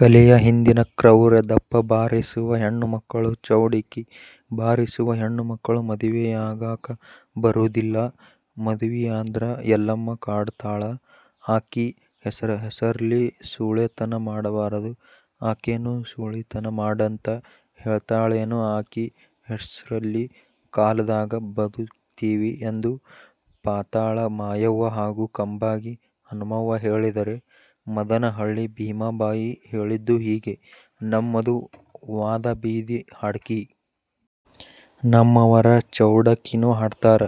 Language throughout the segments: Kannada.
ಕಲೆಯ ಹಿಂದಿನ ಕ್ರೌರ್ಯ "ದಪ್ಪ ಬಾರಿಸುವ ಹೆಣ್ಣು ಮಕ್ಕಳು, ಚೌಡಿಕಿ ಬಾರಿಸುವ ಹೆಣ್ಣು ಮಕ್ಕಳು ಮದುವೆಯಾಗಾಕ ಬರೂದಿಲ್ಲ. ಮದುವಿಯಾದ್ರ ಯಲ್ಲಮ್ಮ ಕಾಡತಾಳು. ಆಕಿ ಹೆಸರ್ಲಿ ಸೂಳೆತನ ಮಾಡಬಾರದು. ಆಕೇನು ಸೂಳಿತನ ಮಾಡಂತ ಹೇಳ್ತಾಳೇನು ಆಕಿ ಹೆಸರ್ಲಿ ಕಲಾದಾಗ ಬದುಕ್ತೀವಿ" ಎಂದು ಪಾತಾಳ ಮಾಯವ್ವ ಹಾಗೂ ಕಂಬಾಗಿ ಹನುಮವ್ವ ಹೇಳಿದರೆ, ಮದನ ಹಳ್ಳಿ ಭೀಮಬಾಯಿ ಹೇಳಿದ್ದು ಹೀಗೆ: "ನಮ್ಮದು ವಾದಾ ಬೀದಿ ಹಾಡ್ಕಿ. ನಮ್ಮವರ ಚೌಡಕಿನೂ ಹಾಡ್ತಾರ.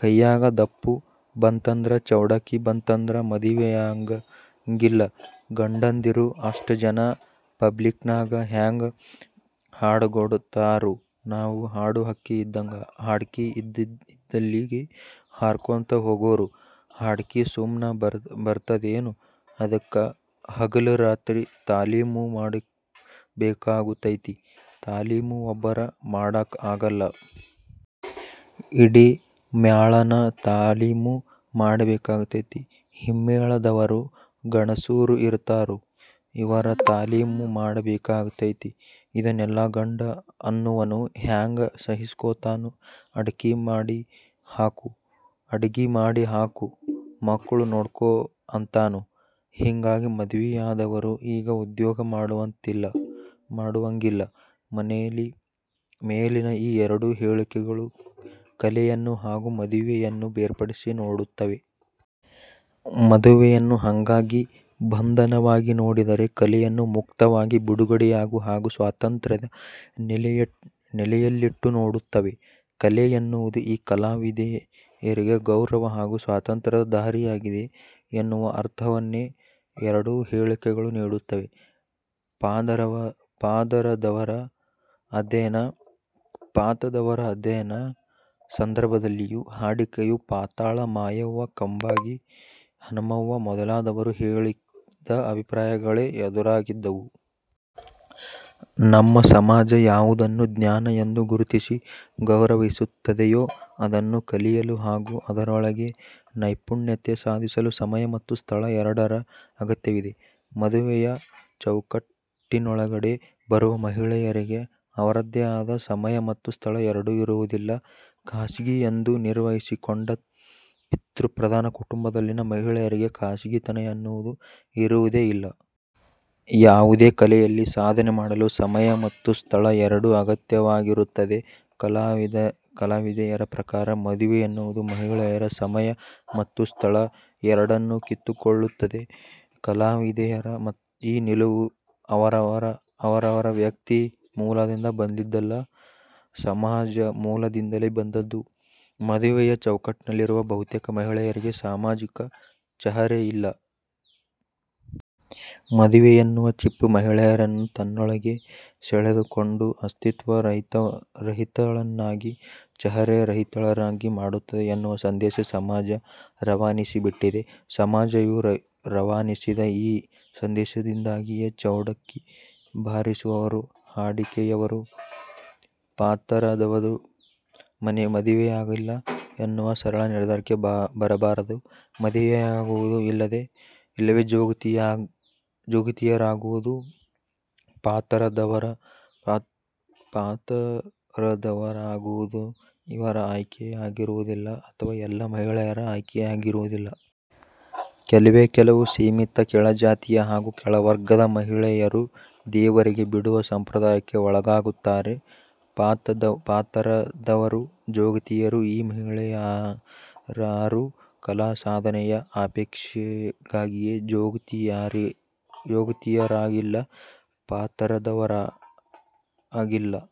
ಕೈಯಾಗ ದಪ್ಪು ಬಂತಂದ್ರ, ಚೌಡಕಿ ಬಂತಂದ್ರ ಮದುವೆಯಾಗಂಗಿಲ್ಲ. ಗಂಡಂದಿರು ಅಷ್ಟ ಜನಾ ಪಬ್ಲಿಕ್ನಾಗ ಹ್ಯಾಂಗ ಹಾಡಗೊಡತಾರು ನಾವು ಹಾಡು ಹಕ್ಕಿ ಇದ್ದಂಗ. ಹಾಡ್ಕಿ ಇದ್ದಲ್ಲಿಗಿ ಹಾರಕೋಂತ ಹೋಗೋರು. ಹಾಡ್ಕಿ ಸುಮ್ನ ಬರತದೇನು ಅದಕ್ಕ ಹಗಲಿ ರಾತ್ರಿ ತಾಲೀಮು ಮಾಡಬೇಕಾಗುತೈತಿ. ತಾಲೀಮು ಒಬ್ಬರ ಮಾಡಾಕ ಬರಲ್ಲ. ಇಡೀ ಮ್ಯಾಳಾನ ತಾಲೀಮು ಮಾಡಬೇಕಾಗತೈತಿ. ಹಿಮ್ಮೇಳದವರು ಗಣಸೂರು ಇರತಾರು. ಇವರ ತಾಲೀಮು ಮಾಡಬೇಕಾಗತೈತಿ. ಇದನ್ನೆಲ್ಲಾ ಗಂಡ ಅನ್ನುವನು ಹ್ಯಾಂಗ ಸಹಸ್ಕೋತಾನು ಅಡಗಿ ಮಾಡಿ ಹಾಕು, ಮಕ್ಳು ನೋಡ್ಕೋ ಅಂತಾನು. ಹಿಂಗಾಗಿ ಮದ್ವಿಯಾದವರು ಈ ಉದ್ಯೋಗ ಮಾಡುವಂಗಿಲ್ಲ. ಮೇಲಿನ ಈ ಎರಡೂ ಹೇಳಿಕೆಗಳು ಕಲೆಯನ್ನು ಹಾಗೂ ಮದುವೆಯನ್ನು ಬೇರ್ಪಡಿಸಿ ನೋಡುತ್ತವೆ. ಮದುವೆಯನ್ನು ಹಂಗಾಗಿ, ಬಂಧನವಾಗಿ ನೋಡಿದರೆ; ಕಲೆಯನ್ನು ಮುಕ್ತವಾಗಿ, ಬಿಡುಗಡೆಯಾಗಿ ಹಾಗೂ ಸ್ವಾತಂತ್ರ್ಯದ ನೆಲೆಯಲ್ಲಿಟ್ಟು ನೋಡುತ್ತವೆ. 'ಕಲೆ' ಎನ್ನುವುದು ಈ ಕಲಾವಿದೆಯರಿಗೆ ಗೌರವ ಹಾಗೂ ಸ್ವಾತಂತ್ರ್ಯದ ದಾರಿಯಾಗಿದೆ ಎನ್ನುವ ಅರ್ಥವನ್ನೇ ಎರಡೂ ಹೇಳಿಕೆಗಳು ನೀಡುತ್ತವೆ. ಪಾತರದವರ ಅಧ್ಯಯನ ಸಂದರ್ಭದಲ್ಲಿಯೂ ಹಾಡಿಕೆಯು ಪಾತಾಳ ಮಾಯವ್ವ, ಕಂಬಾಗಿ ಹನುಮವ್ವ ಮೊದಲಾದವರು ಹೇಳಿದ ಅಭಿಪ್ರಾಯಗಳೇ ಎದುರಾಗಿದ್ದವು. ನಮ್ಮ ಸಮಾಜ ಯಾವುದನ್ನು 'ಜ್ಞಾನ' ಎಂದು ಗುರುತಿಸಿ ಗೌರವಿಸುತ್ತದೆಯೋ ಅದನ್ನು ಕಲಿಯಲು ಹಾಗೂ ಅದರೊಳಗೆ ನೈಪುಣ್ಯತೆ ಸಾಧಿಸಲು ಸಮಯ ಮತ್ತು ಸ್ಥಳ ಎರಡರ ಅಗತ್ಯವಿದೆ. ಮದುವೆಯ ಚೌಕಟ್ಟಿನೊಳಗಡೆ ಬರುವ ಮಹಿಳೆಯರಿಗೆ ಅವರದ್ದೇ ಆದ ಸಮಯ ಮತ್ತು ಸ್ಥಳ ಎರಡೂ ಇರುವುದಿಲ್ಲ. 'ಖಾಸಗಿ' ಎಂದು ನಿರ್ವಚಿಸಿಕೊಂಡ ಪಿತೃ ಪ್ರಧಾನ ಕುಟುಂಬದಲ್ಲಿನ ಮಹಿಳೆಯರಿಗೆ ಖಾಸಗಿತನ ಎನ್ನುವುದು ಇರುವುದೇ ಇಲ್ಲ. ಯಾವುದೇ ಕಲೆಯಲ್ಲಿ ಸಾಧನೆ ಮಾಡಲು ಸಮಯ ಮತ್ತು ಸ್ಥಳ ಎರಡೂ ಅಗತ್ಯವಾಗಿರುತ್ತದೆ. ಕಲಾವಿದೆಯರ ಪ್ರಕಾರ ಮದುವೆ ಎನ್ನುವುದು ಮಹಿಳೆಯ ಸಮಯ ಮತ್ತು ಸ್ಥಳ ಎರಡನ್ನೂ ಕಿತ್ತುಕೊಳ್ಳುತ್ತದೆ. ಕಲಾವಿದೆಯರ ಈ ನಿಲುವು ಅವರವರ ವ್ಯಕ್ತಿ ಮೂಲದಿಂದ ಬಂದದ್ದಲ್ಲ; ಸಮಾಜ ಮೂಲದಿಂದಲೇ ಬಂದದ್ದು. ಮದುವೆಯ ಚೌಕಟ್ಟಿನಲ್ಲಿರುವ ಬಹುತೇಕ ಮಹಿಳೆಯರಿಗೆ ಸಾಮಾಜಿಕ ಚಹರೆಯಿಲ್ಲ. ಮದುವೆ ಎನ್ನುವ ಚಿಪ್ಪು ಮಹಿಳೆಯರನ್ನು ತನ್ನೊಳಗೆ ಸೆಳೆದುಕೊಂಡು ಅಸ್ತಿತ್ವ ರಹಿತಳನ್ನಾಗಿ, ಚಹರೆ ರಹಿತಳನ್ನಾಗಿ ಮಾಡುತ್ತದೆ ಎನ್ನುವ ಸಂದೇಶ ಸಮಾಜ ರವಾನಿಸಿಬಿಟ್ಟಿದೆ. ಸಮಾಜವು ರವಾನಿಸಿದ ಈ ಸಂದೇಶದಿಂದಾಗಿಯೇ ಚೌಡಕಿ ಬಾರಿಸುವವರು, ಹಾಡಿಕೆಯವರು, ಪಾತರದವರು ಮದುವೆಯಾಗಿಲ್ಲ ಎನ್ನುವ ಸರಳ ನಿರ್ಧಾರಕ್ಕೆ ಬರಬಾರದು. ಮದುವೆಯಾಗುವುದು ಇಲ್ಲವೆ 'ಜೋಗತಿ'ಯರಾಗುವುದು, ಪಾತರದವರಾಗುವುದು ಇವರ ಆಯ್ಕೆಯಾಗಿರುವುದಿಲ್ಲ; ಅಥವಾ ಎಲ್ಲ ಮಹಿಳೆಯರ ಆಯ್ಕೆಯಾಗಿರುವುದಿಲ್ಲ. ಕೆಲವೇ ಕೆಲವು ಸೀಮಿತ ಕೆಳಜಾತಿಯ ಹಾಗೂ ಕೆಳವರ್ಗದ ಮಹಿಳೆಯರು ದೇವರಿಗೆ ಬಿಡುವ ಸಂಪ್ರದಾಯಕ್ಕೆ ಒಳಗಾಗುತ್ತಾರೆ. 'ಪಾತರದವರು', 'ಜೋಗತಿಯರು' ಈ ಮಹಿಳೆಯರಾರೂ ಕಲಾ ಸಾಧನೆಯ ಅಪೇಕ್ಷೆಗಾಗಿಯೇ 'ಜೋಗತಿ'ಯರಾಗಿಲ್ಲ; ಪಾತರದವರಾಗಿಲ್ಲ.